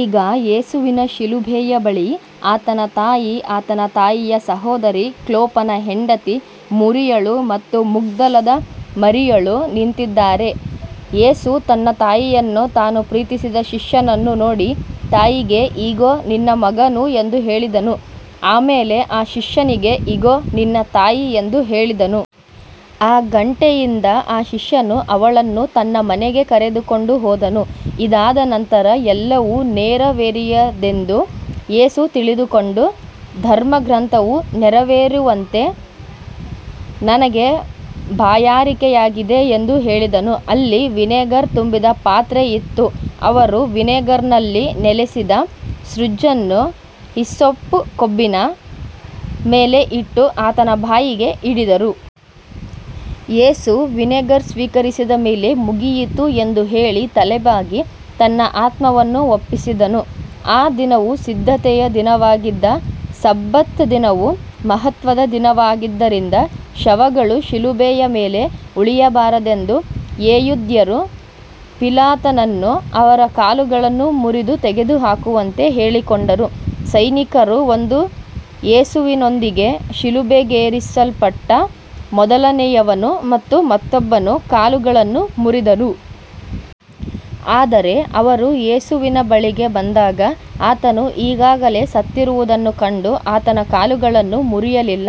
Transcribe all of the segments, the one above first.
ಈಗ ಯೇಸುವಿನ ಶಿಲುಬೆಯ ಬಳಿ ಆತನ ತಾಯಿ, ಆತನ ತಾಯಿಯ ಸಹೋದರಿ, ಕ್ಲೋಪನ ಹೆಂಡತಿ ಮರಿಯಳು ಮತ್ತು ಮಗ್ದಲದ ಮರಿಯಳು ನಿಂತಿದ್ದರು. ಯೇಸು ತನ್ನ ತಾಯಿಯನ್ನೂ ತಾನು ಪ್ರೀತಿಸಿದ ಶಿಷ್ಯನನ್ನೂ ನೋಡಿ, ತಾಯಿಗೆ, ಇಗೋ ನಿನ್ನ ಮಗನು ಎಂದು ಹೇಳಿದನು. ಆಮೇಲೆ ಆ ಶಿಷ್ಯನಿಗೆ, ಇಗೋ ನಿನ್ನ ತಾಯಿ ಎಂದು ಹೇಳಿದನು. ಆ ಗಂಟೆಯಿಂದ ಆ ಶಿಷ್ಯನು ಅವಳನ್ನು ತನ್ನ ಮನೆಗೆ ಕರೆದುಕೊಂಡು ಹೋದನು. ಇದಾದ ನಂತರ ಎಲ್ಲವೂ ನೆರವೇರಿದೆಯೆಂದು ಯೇಸು ತಿಳಿದುಕೊಂಡು, ಧರ್ಮಗ್ರಂಥವು ನೆರವೇರುವಂತೆ, ನನಗೆ ಬಾಯಾರಿಕೆಯಾಗಿದೆ ಎಂದು ಹೇಳಿದನು. ಅಲ್ಲಿ ವಿನೆಗರ್ ತುಂಬಿದ ಪಾತ್ರೆ ಇತ್ತು. ಅವರು ವಿನೆಗರ್‌ನಲ್ಲಿ ನೆನೆಸಿದ ಸ್ಪಂಜನ್ನು ಹಿಸ್ಸೋಪ್ ಕೊಂಬಿನ ಮೇಲೆ ಇಟ್ಟು ಆತನ ಬಾಯಿಗೆ ಹಿಡಿದರು. ಯೇಸು ವಿನೆಗರ್ ಸ್ವೀಕರಿಸಿದ ಮೇಲೆ, ಮುಗಿಯಿತು ಎಂದು ಹೇಳಿ ತಲೆಬಾಗಿ ತನ್ನ ಆತ್ಮವನ್ನು ಒಪ್ಪಿಸಿದನು. ಆ ದಿನವು ಸಿದ್ಧತೆಯ ದಿನವಾಗಿದ್ದು, ಸಬ್ಬತ್ ದಿನವು ಮಹತ್ವದ ದಿನವಾಗಿದ್ದರಿಂದ ಶವಗಳು ಶಿಲುಬೆಯ ಮೇಲೆ ಉಳಿಯಬಾರದೆಂದು ಯೆಹೂದ್ಯರು ಪಿಲಾತನನ್ನು ಅವರ ಕಾಲುಗಳನ್ನು ಮುರಿದು ತೆಗೆದುಹಾಕುವಂತೆ ಕೇಳಿಕೊಂಡರು. ಸೈನಿಕರು ಬಂದು ಯೇಸುವಿನೊಂದಿಗೆ ಶಿಲುಬೆಗೇರಿಸಲ್ಪಟ್ಟ ಮೊದಲನೆಯವನ ಮತ್ತು ಮತ್ತೊಬ್ಬನ ಕಾಲುಗಳನ್ನು ಮುರಿದರು. ಆದರೆ ಅವರು ಯೇಸುವಿನ ಬಳಿಗೆ ಬಂದಾಗ ಆತನು ಈಗಾಗಲೇ ಸತ್ತಿರುವುದನ್ನು ಕಂಡು ಆತನ ಕಾಲುಗಳನ್ನು ಮುರಿಯಲಿಲ್ಲ.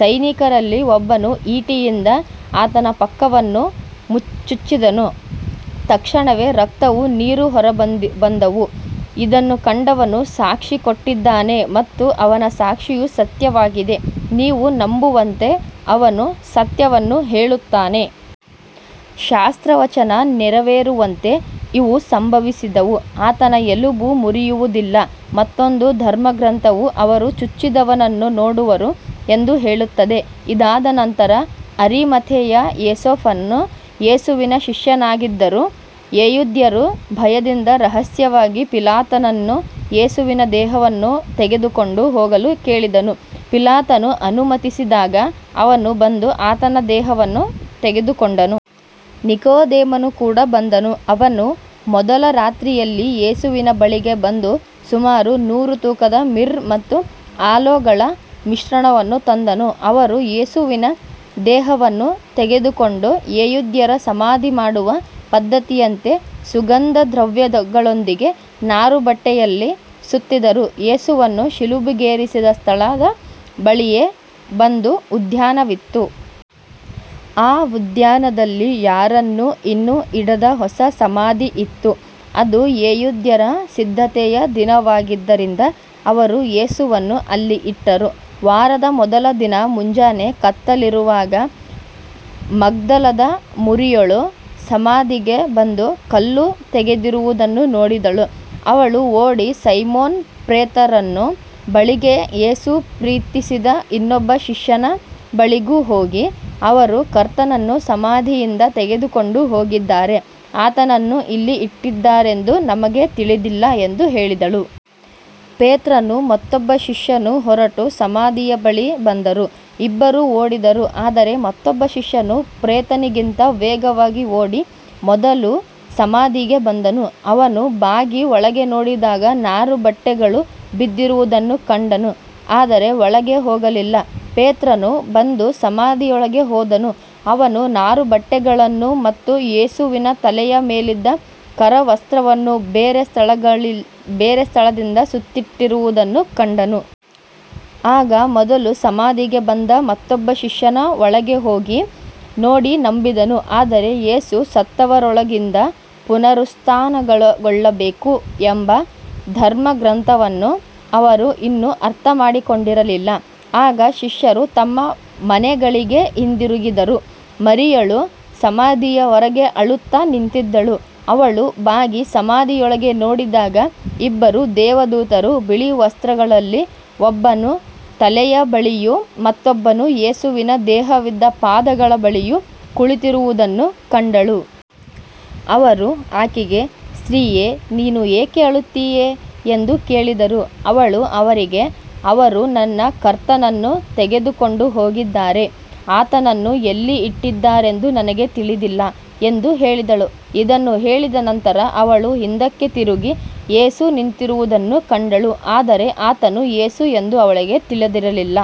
ಸೈನಿಕರಲ್ಲಿ ಒಬ್ಬನು ಈಟಿಯಿಂದ ಆತನ ಪಕ್ಕವನ್ನು ಚುಚ್ಚಿದನು. ತಕ್ಷಣವೇ ರಕ್ತವೂ ನೀರೂ ಹೊರಬಂದವು. ಇದನ್ನು ಕಂಡವನು ಸಾಕ್ಷಿ ಕೊಟ್ಟಿದ್ದಾನೆ ಮತ್ತು ಅವನ ಸಾಕ್ಷಿಯು ಸತ್ಯವಾಗಿದೆ, ನೀವು ನಂಬುವಂತೆ ಅವನು ಸತ್ಯವನ್ನು ಹೇಳುತ್ತಾನೆ. ಶಾಸ್ತ್ರವಚನ ನೆರವೇರುವಂತೆ ಇವು ಸಂಭವಿಸಿದವು, ಆತನ ಎಲುಬು ಮುರಿಯುವುದಿಲ್ಲ. ಮತ್ತೊಂದು ಧರ್ಮಗ್ರಂಥವು, ಅವರು ಚುಚ್ಚಿದವನನ್ನು ನೋಡುವರು ಎಂದು ಹೇಳುತ್ತದೆ. ಇದಾದ ನಂತರ ಅರಿಮಥೆಯ ಯೋಸೇಫನು ಯೇಸುವಿನ ಶಿಷ್ಯನಾಗಿದ್ದರೂ ಯೆಹೂದ್ಯರ ಭಯದಿಂದ ರಹಸ್ಯವಾಗಿ ಪಿಲಾತನನ್ನು ಯೇಸುವಿನ ದೇಹವನ್ನು ತೆಗೆದುಕೊಂಡು ಹೋಗಲು ಕೇಳಿದನು. ಪಿಲಾತನು ಅನುಮತಿಸಿದಾಗ ಅವನು ಬಂದು ಆತನ ದೇಹವನ್ನು ತೆಗೆದುಕೊಂಡನು. ನಿಕೋದೇಮನು ಕೂಡ ಬಂದನು. ಅವನು ಮೊದಲು ರಾತ್ರಿಯಲ್ಲಿ ಯೇಸುವಿನ ಬಳಿಗೆ ಬಂದು ಸುಮಾರು ನೂರು ತೂಕದ ಮಿರ್ರ ಮತ್ತು ಅಲೋಗಳ ಮಿಶ್ರಣವನ್ನು ತಂದನು. ಅವರು ಯೇಸುವಿನ ದೇಹವನ್ನು ತೆಗೆದುಕೊಂಡು ಯೆಹೂದ್ಯರ ಸಮಾಧಿ ಮಾಡುವ ಪದ್ಧತಿಯಂತೆ ಸುಗಂಧದ್ರವ್ಯಗಳೊಂದಿಗೆ ನಾರುಬಟ್ಟೆಯಲ್ಲಿ ಸುತ್ತಿದರು. ಯೇಸುವನ್ನು ಶಿಲುಬೆಗೇರಿಸಿದ ಸ್ಥಳದ ಬಳಿಯೇ ಒಂದು ಉದ್ಯಾನವಿತ್ತು. ಆ ಉದ್ಯಾನದಲ್ಲಿ ಯಾರನ್ನೂ ಇನ್ನೂ ಇಡದ ಹೊಸ ಸಮಾಧಿ ಇತ್ತು. ಅದು ಯೆಹೂದ್ಯರ ಸಿದ್ಧತೆಯ ದಿನವಾಗಿದ್ದರಿಂದ ಅವರು ಯೇಸುವನ್ನು ಅಲ್ಲಿ ಇಟ್ಟರು. ವಾರದ ಮೊದಲ ದಿನ ಮುಂಜಾನೆ ಕತ್ತಲಿರುವಾಗ ಮಗ್ದಲದ ಮರಿಯಳು ಸಮಾಧಿಗೆ ಬಂದು ಕಲ್ಲು ತೆಗೆದಿರುವುದನ್ನು ನೋಡಿದಳು. ಅವಳು ಓಡಿ ಸೈಮೋನ ಪೇತ್ರನ ಬಳಿಗೂ ಯೇಸು ಪ್ರೀತಿಸಿದ ಇನ್ನೊಬ್ಬ ಶಿಷ್ಯನ ಬಳಿಗೂ ಹೋಗಿ, ಅವರು ಕರ್ತನನ್ನು ಸಮಾಧಿಯಿಂದ ತೆಗೆದುಕೊಂಡು ಹೋಗಿದ್ದಾರೆ, ಆತನನ್ನು ಎಲ್ಲಿ ಇಟ್ಟಿದ್ದಾರೆಂದು ನಮಗೆ ತಿಳಿದಿಲ್ಲ ಎಂದು ಹೇಳಿದಳು. ಪೇತ್ರನೂ ಮತ್ತೊಬ್ಬ ಶಿಷ್ಯನೂ ಹೊರಟು ಸಮಾಧಿಯ ಬಳಿಗೆ ಬಂದರು. ಇಬ್ಬರೂ ಓಡಿದರು, ಆದರೆ ಮತ್ತೊಬ್ಬ ಶಿಷ್ಯನು ಪೇತ್ರನಿಗಿಂತ ವೇಗವಾಗಿ ಓಡಿ ಮೊದಲು ಸಮಾಧಿಗೆ ಬಂದನು. ಅವನು ಬಾಗಿ ಒಳಗೆ ನೋಡಿದಾಗ ನಾರುಬಟ್ಟೆಗಳು ಬಿದ್ದಿರುವುದನ್ನು ಕಂಡನು, ಆದರೆ ಒಳಗೆ ಹೋಗಲಿಲ್ಲ. ಪೇತ್ರನು ಬಂದು ಸಮಾಧಿಯೊಳಗೆ ಹೋದನು. ಅವನು ನಾರುಬಟ್ಟೆಗಳನ್ನು ಮತ್ತು ಯೇಸುವಿನ ತಲೆಯ ಮೇಲಿದ್ದ ಕರವಸ್ತ್ರವನ್ನು ಬೇರೆ ಸ್ಥಳದಲ್ಲಿ ಸುತ್ತಿಟ್ಟಿರುವುದನ್ನು ಕಂಡನು. ಆಗ ಮೊದಲು ಸಮಾಧಿಗೆ ಬಂದ ಮತ್ತೊಬ್ಬ ಶಿಷ್ಯನು ಒಳಗೆ ಹೋಗಿ ನೋಡಿ ನಂಬಿದನು. ಆದರೆ ಯೇಸು ಸತ್ತವರೊಳಗಿಂದ ಪುನರುತ್ಥಾನಗೊಳ್ಳಬೇಕು ಎಂಬ ಧರ್ಮಗ್ರಂಥವನ್ನು ಅವರು ಇನ್ನೂ ಅರ್ಥಮಾಡಿಕೊಂಡಿರಲಿಲ್ಲ. ಆಗ ಶಿಷ್ಯರು ತಮ್ಮ ಮನೆಗಳಿಗೆ ಹಿಂದಿರುಗಿದರು. ಮರಿಯಳು ಸಮಾಧಿಯ ಹೊರಗೆ ಅಳುತ್ತಾ ನಿಂತಿದ್ದಳು. ಅವಳು ಬಾಗಿ ಸಮಾಧಿಯೊಳಗೆ ನೋಡಿದಾಗ ಇಬ್ಬರು ದೇವದೂತರು ಬಿಳಿ ವಸ್ತ್ರಗಳಲ್ಲಿ, ಒಬ್ಬನು ತಲೆಯ ಬಳಿಯೂ ಮತ್ತೊಬ್ಬನು ಯೇಸುವಿನ ದೇಹವಿದ್ದ ಪಾದಗಳ ಬಳಿಯೂ ಕುಳಿತಿರುವುದನ್ನು ಕಂಡಳು. ಅವರು ಆಕೆಗೆ, ಸ್ತ್ರೀಯೇ, ನೀನು ಏಕೆ ಅಳುತ್ತೀಯೆ ಎಂದು ಕೇಳಿದರು. ಅವಳು ಅವರಿಗೆ, ಅವರು ನನ್ನ ಕರ್ತನನ್ನು ತೆಗೆದುಕೊಂಡು ಹೋಗಿದ್ದಾರೆ, ಆತನನ್ನು ಎಲ್ಲಿ ಇಟ್ಟಿದ್ದಾರೆಂದು ನನಗೆ ತಿಳಿದಿಲ್ಲ ಎಂದು ಹೇಳಿದಳು. ಇದನ್ನು ಹೇಳಿದ ನಂತರ ಅವಳು ಹಿಂದಕ್ಕೆ ತಿರುಗಿ ಯೇಸು ನಿಂತಿರುವುದನ್ನು ಕಂಡಳು, ಆದರೆ ಆತನು ಯೇಸು ಎಂದು ಅವಳಿಗೆ ತಿಳಿದಿರಲಿಲ್ಲ.